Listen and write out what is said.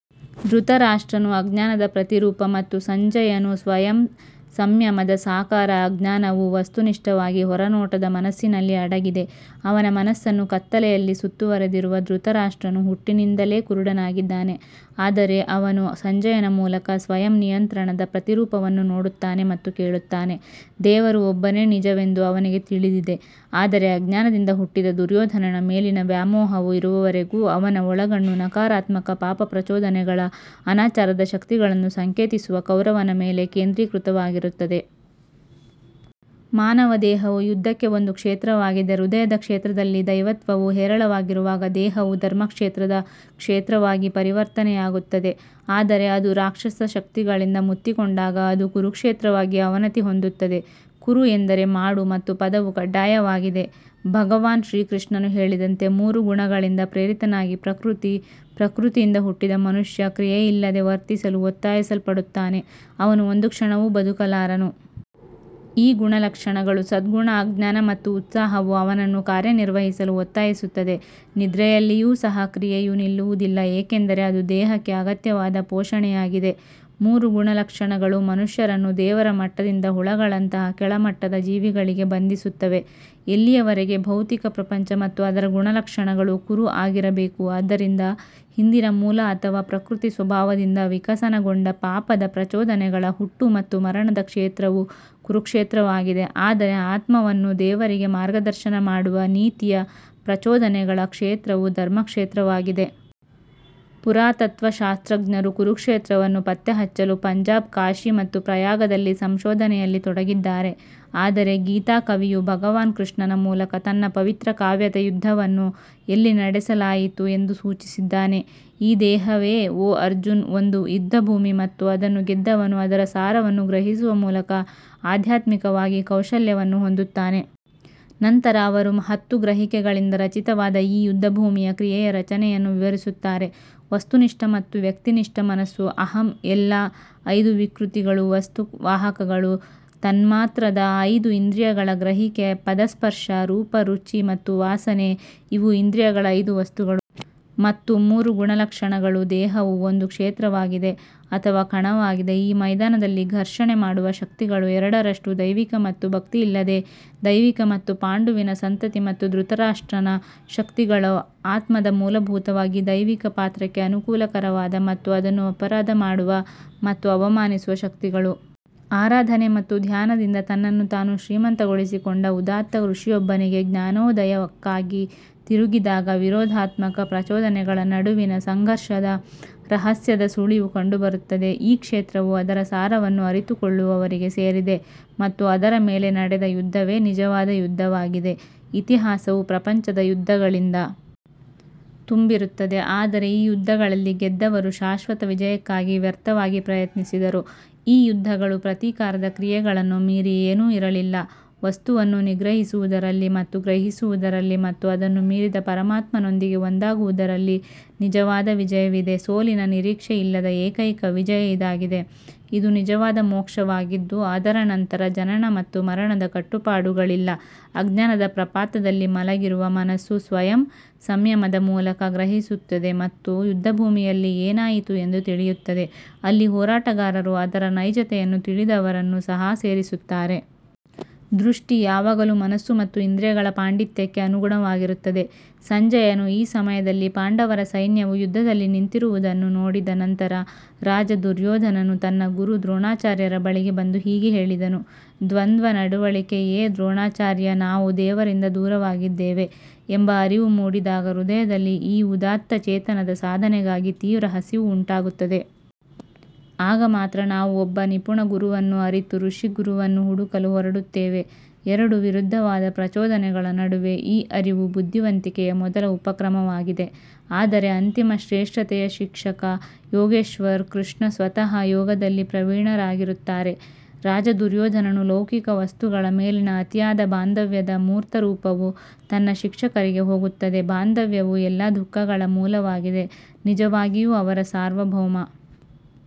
ಧೃತರಾಷ್ಟ್ರನು ಅಜ್ಞಾನದ ಪ್ರತಿರೂಪ ಮತ್ತು ಸಂಜಯನು ಸ್ವಯಂ ಸಂಯಮದ ಸಾಕಾರ ಅಜ್ಞಾನವು ವಸ್ತುನಿಷ್ಠವಾಗಿ ಹೊರನೋಟದ ಮನಸ್ಸಿನಲ್ಲಿ ಅಡಗಿದೆ ಅವನ ಮನಸ್ಸನ್ನು ಕತ್ತಲೆಯಲ್ಲಿ ಸುತ್ತುವರೆದಿರುವ ಧೃತರಾಷ್ಟ್ರನು ಹುಟ್ಟಿನಿಂದಲೇ ಕುರುಡನಾಗಿದ್ದಾನೆ ಆದರೆ ಅವನು ಸಂಜಯನ ಮೂಲಕ ಸ್ವಯಂ ನಿಯಂತ್ರಣದ ಪ್ರತಿರೂಪವನ್ನು ನೋಡುತ್ತಾನೆ ಮತ್ತು ಕೇಳುತ್ತಾನೆ ದೇವರು ಒಬ್ಬನೇ ನಿಜವೆಂದು ಅವನಿಗೆ ತಿಳಿದಿದೆ ಆದರೆ ಅಜ್ಞಾನದಿಂದ ಹುಟ್ಟಿದ ದುರ್ಯೋಧನನ ಮೇಲಿನ ವ್ಯಾಮೋಹವು ಇರುವವರೆಗೂ ಅವನ ಒಳಗಣ್ಣು ನಕಾರಾತ್ಮಕ ಪಾಪ ಪ್ರಚೋದನೆಗಳ ಅನಾಚಾರದ ಶಕ್ತಿಗಳನ್ನು ಸಂಕೇತಿಸುವ ಕೌರವನ ಮೇಲೆ ಕೇಂದ್ರೀಕೃತವಾಗಿರುತ್ತದೆ. ಮಾನವ ದೇಹವು ಯುದ್ಧಕ್ಕೆ ಒಂದು ಕ್ಷೇತ್ರವಾಗಿದೆ ಹೃದಯದ ಕ್ಷೇತ್ರದಲ್ಲಿ ದೈವತ್ವವು ಹೇರಳವಾಗಿರುವಾಗ ದೇಹವು ಧರ್ಮಕ್ಷೇತ್ರದ ಕ್ಷೇತ್ರವಾಗಿ ಪರಿವರ್ತನೆಯಾಗುತ್ತದೆ ಆದರೆ ಅದು ರಾಕ್ಷಸ ಶಕ್ತಿಗಳಿಂದ ಮುತ್ತಿಕೊಂಡಾಗ ಅದು ಕುರುಕ್ಷೇತ್ರವಾಗಿ ಅವನತಿ ಹೊಂದುತ್ತದೆ. ಕುರು ಎಂದರೆ ಮಾಡು ಮತ್ತು ಪದವು ಕಡ್ಡಾಯವಾಗಿದೆ ಭಗವಾನ್ ಶ್ರೀಕೃಷ್ಣನು ಹೇಳಿದಂತೆ ಮೂರು ಗುಣಗಳಿಂದ ಪ್ರೇರಿತನಾಗಿ ಪ್ರಕೃತಿ ಪ್ರಕೃತಿಯಿಂದ ಹುಟ್ಟಿದ ಮನುಷ್ಯ ಕ್ರಿಯೆಯಿಲ್ಲದೆ ವರ್ತಿಸಲು ಒತ್ತಾಯಿಸಲ್ಪಡುತ್ತಾನೆ, ಅವನು ಒಂದು ಕ್ಷಣವೂ ಬದುಕಲಾರನು. ಈ ಗುಣಲಕ್ಷಣಗಳು ಸದ್ಗುಣ ಅಜ್ಞಾನ ಮತ್ತು ಉತ್ಸಾಹವು ಅವನನ್ನು ಕಾರ್ಯನಿರ್ವಹಿಸಲು ಒತ್ತಾಯಿಸುತ್ತದೆ ನಿದ್ರೆಯಲ್ಲಿಯೂ ಸಹ ಕ್ರಿಯೆಯು ನಿಲ್ಲುವುದಿಲ್ಲ ಏಕೆಂದರೆ ಅದು ದೇಹಕ್ಕೆ ಅಗತ್ಯವಾದ ಪೋಷಣೆಯಾಗಿದೆ ಮೂರು ಗುಣಲಕ್ಷಣಗಳು ಮನುಷ್ಯರನ್ನು ದೇವರ ಮಟ್ಟದಿಂದ ಹುಳುಗಳಂತಹ ಕೆಳಮಟ್ಟದ ಜೀವಿಗಳಿಗೆ ಬಂಧಿಸುತ್ತವೆ ಎಲ್ಲಿಯವರೆಗೆ ಭೌತಿಕ ಪ್ರಪಂಚ ಮತ್ತು ಅದರ ಗುಣಲಕ್ಷಣಗಳು ಕುರು ಆಗಿರಬೇಕು ಆದ್ದರಿಂದ ಹಿಂದಿನ ಮೂಲ ಅಥವಾ ಪ್ರಕೃತಿ ಸ್ವಭಾವದಿಂದ ವಿಕಸನಗೊಂಡ ಪಾಪದ ಪ್ರಚೋದನೆಗಳ ಹುಟ್ಟು ಮತ್ತು ಮರಣದ ಕ್ಷೇತ್ರವು ಕುರುಕ್ಷೇತ್ರವಾಗಿದೆ ಆದರೆ ಆತ್ಮವನ್ನು ದೇವರಿಗೆ ಮಾರ್ಗದರ್ಶನ ಮಾಡುವ ನೀತಿಯ ಪ್ರಚೋದನೆಗಳ ಕ್ಷೇತ್ರವು ಧರ್ಮಕ್ಷೇತ್ರವಾಗಿದೆ. ಪುರಾತತ್ವಶಾಸ್ತ್ರಜ್ಞರು ಕುರುಕ್ಷೇತ್ರವನ್ನು ಪತ್ತೆಹಚ್ಚಲು ಪಂಜಾಬ್ ಕಾಶಿ ಮತ್ತು ಪ್ರಯಾಗದಲ್ಲಿ ಸಂಶೋಧನೆಯಲ್ಲಿ ತೊಡಗಿದ್ದಾರೆ ಆದರೆ ಗೀತಾ ಕವಿಯು ಭಗವಾನ್ ಕೃಷ್ಣನ ಮೂಲಕ ತನ್ನ ಪವಿತ್ರ ಕಾವ್ಯದ ಯುದ್ಧವನ್ನು ಎಲ್ಲಿ ನಡೆಸಲಾಯಿತು ಎಂದು ಸೂಚಿಸಿದ್ದಾನೆ. ಈ ದೇಹವೇ ಓ ಅರ್ಜುನ್ ಒಂದು ಯುದ್ಧಭೂಮಿ ಮತ್ತು ಅದನ್ನು ಗೆದ್ದವನು ಅದರ ಸಾರವನ್ನು ಗ್ರಹಿಸುವ ಮೂಲಕ ಆಧ್ಯಾತ್ಮಿಕವಾಗಿ ಕೌಶಲ್ಯವನ್ನು ಹೊಂದುತ್ತಾನೆ. ನಂತರ ಅವರು ಹತ್ತು ಗ್ರಹಿಕೆಗಳಿಂದ ರಚಿತವಾದ ಈ ಯುದ್ಧಭೂಮಿಯ ಕ್ರಿಯೆಯ ರಚನೆಯನ್ನು ವಿವರಿಸುತ್ತಾರೆ ವಸ್ತುನಿಷ್ಠ ಮತ್ತು ವ್ಯಕ್ತಿನಿಷ್ಠ ಮನಸ್ಸು ಅಹಂ ಎಲ್ಲಾ ಐದು ವಿಕೃತಿಗಳು ವಸ್ತು ವಾಹಕಗಳು ತನ್ಮಾತ್ರದ ಐದು ಇಂದ್ರಿಯಗಳ ಗ್ರಹಿಕೆ ಪದ ಸ್ಪರ್ಶ ರೂಪ ರುಚಿ ಮತ್ತು ವಾಸನೆ ಇವು ಇಂದ್ರಿಯಗಳ ಐದು ವಸ್ತುಗಳು. ಮತ್ತು ಮೂರು ಗುಣಲಕ್ಷಣಗಳು ದೇಹವು ಒಂದು ಕ್ಷೇತ್ರವಾಗಿದೆ ಅಥವಾ ಕಣವಾಗಿದೆ ಈ ಮೈದಾನದಲ್ಲಿ ಘರ್ಷಣೆ ಮಾಡುವ ಶಕ್ತಿಗಳು ಎರಡರಷ್ಟು ದೈವಿಕ ಮತ್ತು ಭಕ್ತಿಯಿಲ್ಲದ ದೈವಿಕ ಮತ್ತು ಪಾಂಡುವಿನ ಸಂತತಿ ಮತ್ತು ಧೃತರಾಷ್ಟ್ರನ ಶಕ್ತಿಗಳು ಆತ್ಮದ ಮೂಲಭೂತವಾಗಿ ದೈವಿಕ ಪಾತ್ರಕ್ಕೆ ಅನುಕೂಲಕರವಾದ ಮತ್ತು ಅದನ್ನು ಅಪರಾಧ ಮಾಡುವ ಮತ್ತು ಅವಮಾನಿಸುವ ಶಕ್ತಿಗಳು. ಆರಾಧನೆ ಮತ್ತು ಧ್ಯಾನದಿಂದ ತನ್ನನ್ನು ತಾನು ಶ್ರೀಮಂತಗೊಳಿಸಿಕೊಂಡ ಉದಾತ್ತ ಋಷಿಯೊಬ್ಬನಿಗೆ ಜ್ಞಾನೋದಯಕ್ಕಾಗಿ ತಿರುಗಿದಾಗ ವಿರೋಧಾತ್ಮಕ ಪ್ರಚೋದನೆಗಳ ನಡುವಿನ ಸಂಘರ್ಷದ ರಹಸ್ಯದ ಸುಳಿವು ಕಂಡುಬರುತ್ತದೆ. ಈ ಕ್ಷೇತ್ರವು ಅದರ ಸಾರವನ್ನು ಅರಿತುಕೊಳ್ಳುವವರಿಗೆ ಸೇರಿದೆ ಮತ್ತು ಅದರ ಮೇಲೆ ನಡೆದ ಯುದ್ಧವೇ ನಿಜವಾದ ಯುದ್ಧವಾಗಿದೆ ಇತಿಹಾಸವು ಪ್ರಪಂಚದ ಯುದ್ಧಗಳಿಂದ ತುಂಬಿರುತ್ತದೆ ಆದರೆ ಈ ಯುದ್ಧಗಳಲ್ಲಿ ಗೆದ್ದವರು ಶಾಶ್ವತ ವಿಜಯಕ್ಕಾಗಿ ವ್ಯರ್ಥವಾಗಿ ಪ್ರಯತ್ನಿಸಿದರು ಈ ಯುದ್ಧಗಳು ಪ್ರತೀಕಾರದ ಕ್ರಿಯೆಗಳನ್ನು ಮೀರಿ ಏನೂ ಇರಲಿಲ್ಲ ವಸ್ತುವನ್ನು ನಿಗ್ರಹಿಸುವುದರಲ್ಲಿ ಮತ್ತು ಗ್ರಹಿಸುವುದರಲ್ಲಿ ಮತ್ತು ಅದನ್ನು ಮೀರಿದ ಪರಮಾತ್ಮನೊಂದಿಗೆ ಒಂದಾಗುವುದರಲ್ಲಿ ನಿಜವಾದ ವಿಜಯವಿದೆ ಸೋಲಿನ ನಿರೀಕ್ಷೆ ಇಲ್ಲದ ಏಕೈಕ ವಿಜಯ ಇದಾಗಿದೆ ಇದು ನಿಜವಾದ ಮೋಕ್ಷವಾಗಿದ್ದು ಅದರ ನಂತರ ಜನನ ಮತ್ತು ಮರಣದ ಕಟ್ಟುಪಾಡುಗಳಿಲ್ಲ ಅಜ್ಞಾನದ ಪ್ರಪಾತದಲ್ಲಿ ಮಲಗಿರುವ ಮನಸ್ಸು ಸ್ವಯಂ ಸಂಯಮದ ಮೂಲಕ ಗ್ರಹಿಸುತ್ತದೆ ಮತ್ತು ಯುದ್ಧಭೂಮಿಯಲ್ಲಿ ಏನಾಯಿತು ಎಂದು ತಿಳಿಯುತ್ತದೆ, ಅಲ್ಲಿ ಹೋರಾಟಗಾರರು ಅದರ ನೈಜತೆಯನ್ನು ತಿಳಿದವರನ್ನು ಸಹ ಸೇರಿಸುತ್ತಾರೆ. ದೃಷ್ಟಿ ಯಾವಾಗಲೂ ಮನಸ್ಸು ಮತ್ತು ಇಂದ್ರಿಯಗಳ ಪಾಂಡಿತ್ಯಕ್ಕೆ ಅನುಗುಣವಾಗಿರುತ್ತದೆ ಸಂಜಯನು ಆ ಸಮಯದಲ್ಲಿ ಪಾಂಡವರ ಸೈನ್ಯವು ಯುದ್ಧದಲ್ಲಿ ನಿಂತಿರುವುದನ್ನು ನೋಡಿದ ನಂತರ ರಾಜ ದುರ್ಯೋಧನನು ತನ್ನ ಗುರು ದ್ರೋಣಾಚಾರ್ಯರ ಬಳಿಗೆ ಬಂದು ಹೀಗೆ ಹೇಳಿದನು. ದ್ವಂದ್ವ ನಡವಳಿಕೆಯೇ ದ್ರೋಣಾಚಾರ್ಯ ನಾವು ದೇವರಿಂದ ದೂರವಾಗಿದ್ದೇವೆ ಎಂಬ ಅರಿವು ಮೂಡಿದಾಗ ಹೃದಯದಲ್ಲಿ ಆ ಉದಾತ್ತ ಚೇತನದ ಸಾಧನೆಗಾಗಿ ತೀವ್ರ ಹಸಿವು ಉಂಟಾಗುತ್ತದೆ. ಆಗ ಮಾತ್ರ ನಾವು ಒಬ್ಬ ನಿಪುಣ ಗುರುವನ್ನು ಅರಿತು ಋಷಿ ಗುರುವನ್ನು ಹುಡುಕಲು ಹೊರಡುತ್ತೇವೆ ಎರಡು ವಿರುದ್ಧವಾದ ಪ್ರಚೋದನೆಗಳ ನಡುವೆ ಈ ಅರಿವು ಬುದ್ಧಿವಂತಿಕೆಯ ಮೊದಲ ಉಪಕ್ರಮವಾಗಿದೆ ಆದರೆ ಅಂತಿಮ ಶ್ರೇಷ್ಠತೆಯ ಶಿಕ್ಷಕ ಯೋಗೇಶ್ವರ್ ಕೃಷ್ಣ ಸ್ವತಃ ಯೋಗದಲ್ಲಿ ಪ್ರವೀಣರಾಗಿರುತ್ತಾರೆ. ರಾಜ ದುರ್ಯೋಧನನು ಲೌಕಿಕ ವಸ್ತುಗಳ ಮೇಲಿನ ಅತಿಯಾದ ಬಾಂಧವ್ಯದ ಮೂರ್ತರೂಪವು ತನ್ನ ಶಿಕ್ಷಕರಿಗೆ ಹೋಗುತ್ತದೆ ಬಾಂಧವ್ಯವು ಎಲ್ಲಾ ದುಃಖಗಳ ಮೂಲವಾಗಿದೆ ನಿಜವಾಗಿಯೂ ಅವರ ಸಾರ್ವಭೌಮ.